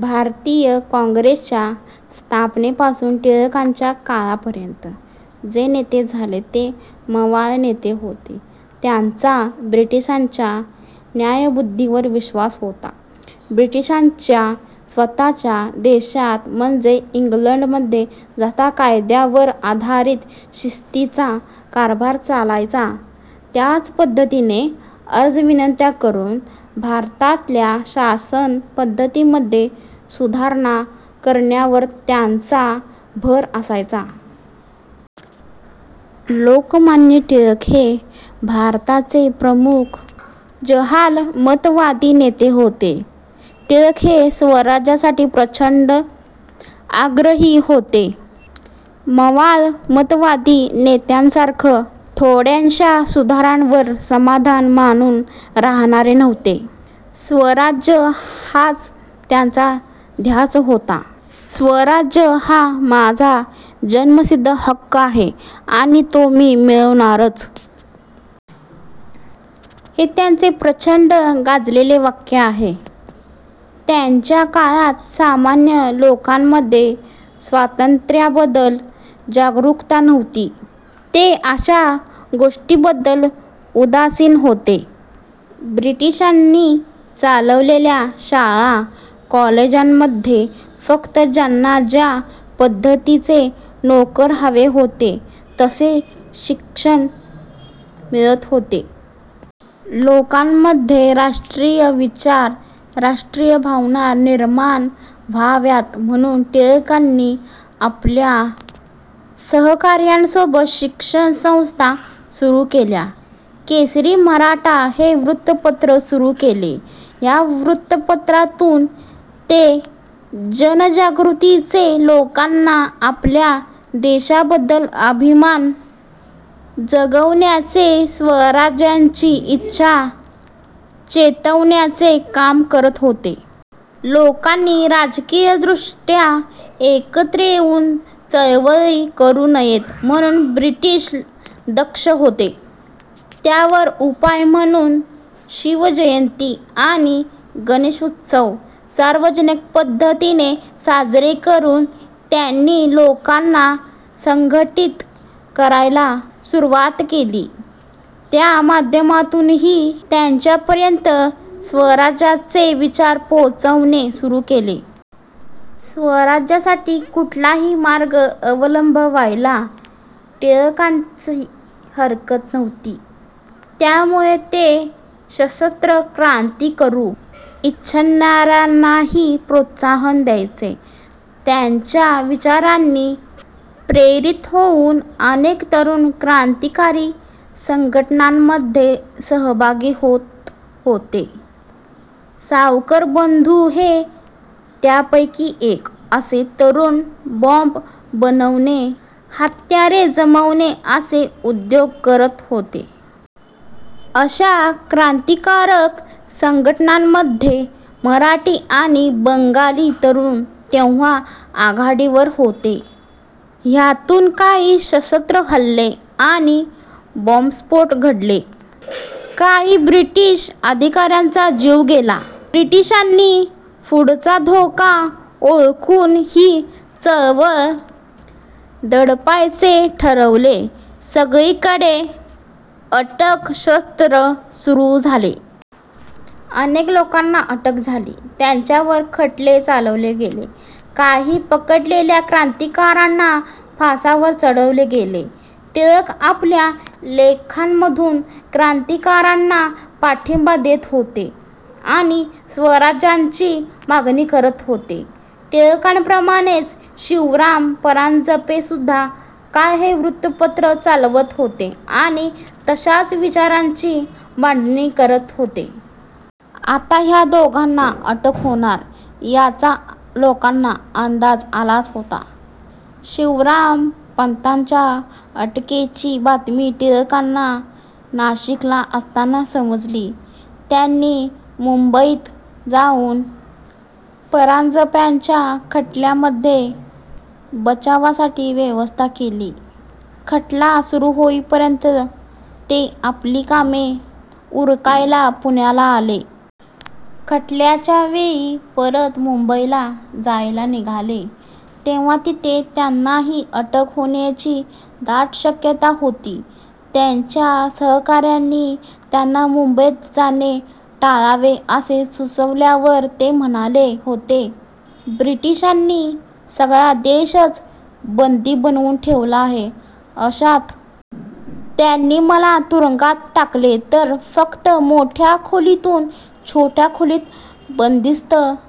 भारतीय काँग्रेसच्या स्थापनेपासुन टिळकांच्या काळापर्यंत जे नेते झाले ते मवाळ नेते होते. त्यांचा ब्रिटिशांच्या न्यायबुद्धीवर विश्वास होता. ब्रिटिशांच्या स्वतःच्या देशात म्हणजे इंग्लंडमध्ये जसा कायद्यावर आधारित शिस्तीचा कारभार चालायचा, त्याच पद्धतीने अर्जविनंत्या करून, भारतातल्या शासनपद्धतीमध्ये सुधारणा करण्यावर त्यांचा भर असायचा. लोकमान्य टिळक हे भारताचे प्रमुख जहालमतवादी नेते होते. टिळक हे स्वराज्यासाठी प्रचंड आग्रही होते. मवाळमतवादी नेत्यांसारखं थोड्याशा सुधारणांवर समाधान मानुन राहणारे नव्हते. स्वराज्य हाच त्यांचा ध्यास होता. स्वराज्य हा माझा जन्मसिद्ध हक्क आहे आणि तो मी मिळवणारच. हे त्यांचे प्रचंड गाजलेले वाक्य आहे. त्यांच्या काळात सामान्य लोकांमध्ये स्वातंत्र्याबद्दल जागरूकता नव्हती. ते अशा गोष्टींबद्दल उदासीन होते. ब्रिटिशांनी चालवलेल्या शाळा कॉलेजांमध्ये फक्त त्यांना ज्या पद्धतीचे नोकर हवे होते तसे शिक्षण मिळत होते. लोकांमध्ये राष्ट्रीय विचार राष्ट्रीय भावना निर्माण व्हाव्यात म्हणुन टिळकांनी आपल्या सहकाऱ्यांसोबत शिक्षण संस्था सुरु केल्या. केसरी मराठा हे वृत्तपत्र सुरु केले. ह्या वृत्तपत्रातुन ते जनजागृतीचे लोकांना आपल्या देशाबद्दल अभिमान जगवण्याचे स्वराज्याची इच्छा चेतवण्याचे काम करत होते. लोकांनी राजकीय दृष्ट्या एकत्र येऊन चळवळी करू नयेत म्हणुन ब्रिटिश दक्ष होते. त्यावर उपाय म्हणून शिवजयंती आणि गणेशोत्सव सार्वजनिक पद्धतीने साजरे करून त्यांनी लोकांना संघटित करायला सुरुवात केली. त्या माध्यमातूनही त्यांच्यापर्यंत स्वराज्याचे विचार पोहोचवणे सुरु केले. स्वराज्यासाठी कुठल्याही मार्ग अवलंबायला टिळकांची हरकत नव्हती. त्यामुळे ते सशस्त्र क्रांती करू इच्छिणाऱ्यांनाही प्रोत्साहन द्यायचे. त्यांच्या विचारांनी प्रेरित होऊन अनेक तरुण क्रांतिकारी संघटनांमध्ये सहभागी होत होते. सावरकर बंधु हे त्यापैकीच एक. असे तरुण बॉम्ब बनवणे, हत्यारे जमवणे असे उद्योग करत होते. अशा क्रांतिकारक संघटनांमध्ये मराठी आणि बंगाली तरुण तेव्हा आघाडीवर होते. ह्यातुन काही सशस्त्र हल्ले आणि बॉम्बस्फोट घडले. काही ब्रिटिश अधिकाऱ्यांचा जीव गेला. ब्रिटिशांनी पुढचा धोका ओळखुन हि चळवळ दडपायचे ठरवले. सगळीकडे अटकसत्र सुरु झाले. अनेक लोकांना अटक झाली, त्यांच्यावर खटले चालवले गेले, काही पकडलेल्या क्रांतीकारकांना फासावर चढवले गेले. टिळक आपल्या लेखांमधुन क्रांतीकारकांना पाठिंबा देत होते आणि स्वराज्याची मागणी करत होते. टिळकांप्रमाणेच शिवराम परांजपेसुद्धा काळ हे वृत्तपत्र चालवत होते आणि तशाच विचारांची मांडणी करत होते. आता ह्या दोघांना अटक होणार याचा लोकांना अंदाज आलाच होता. शिवरामपंतांच्या अटकेची बातमी टिळकांना नाशिकला असताना समजली. त्यांनी मुंबईत जाऊन परांजप्यांच्या खटल्यामध्ये बचावासाठी व्यवस्था केली. खटला सुरु होईपर्यंत ते आपली कामे उरकायला पुण्याला आले. खटल्याच्या वेळी परत मुंबईला जायला निघाले तेव्हा तिथे त्यांनाही अटक होण्याची दाट शक्यता होती. त्यांच्या सहकाऱ्यांनी त्यांना मुंबईत जाणे टाळावे असे सुचवल्यावर ते म्हणाले होते ब्रिटिशांनी सगळा देशच बंदी बनवुन ठेवला आहे. अशात त्यांनी मला तुरुंगात टाकले तर फक्त मोठ्या खोलीतुन छोट्या खोलीत बंदिस्त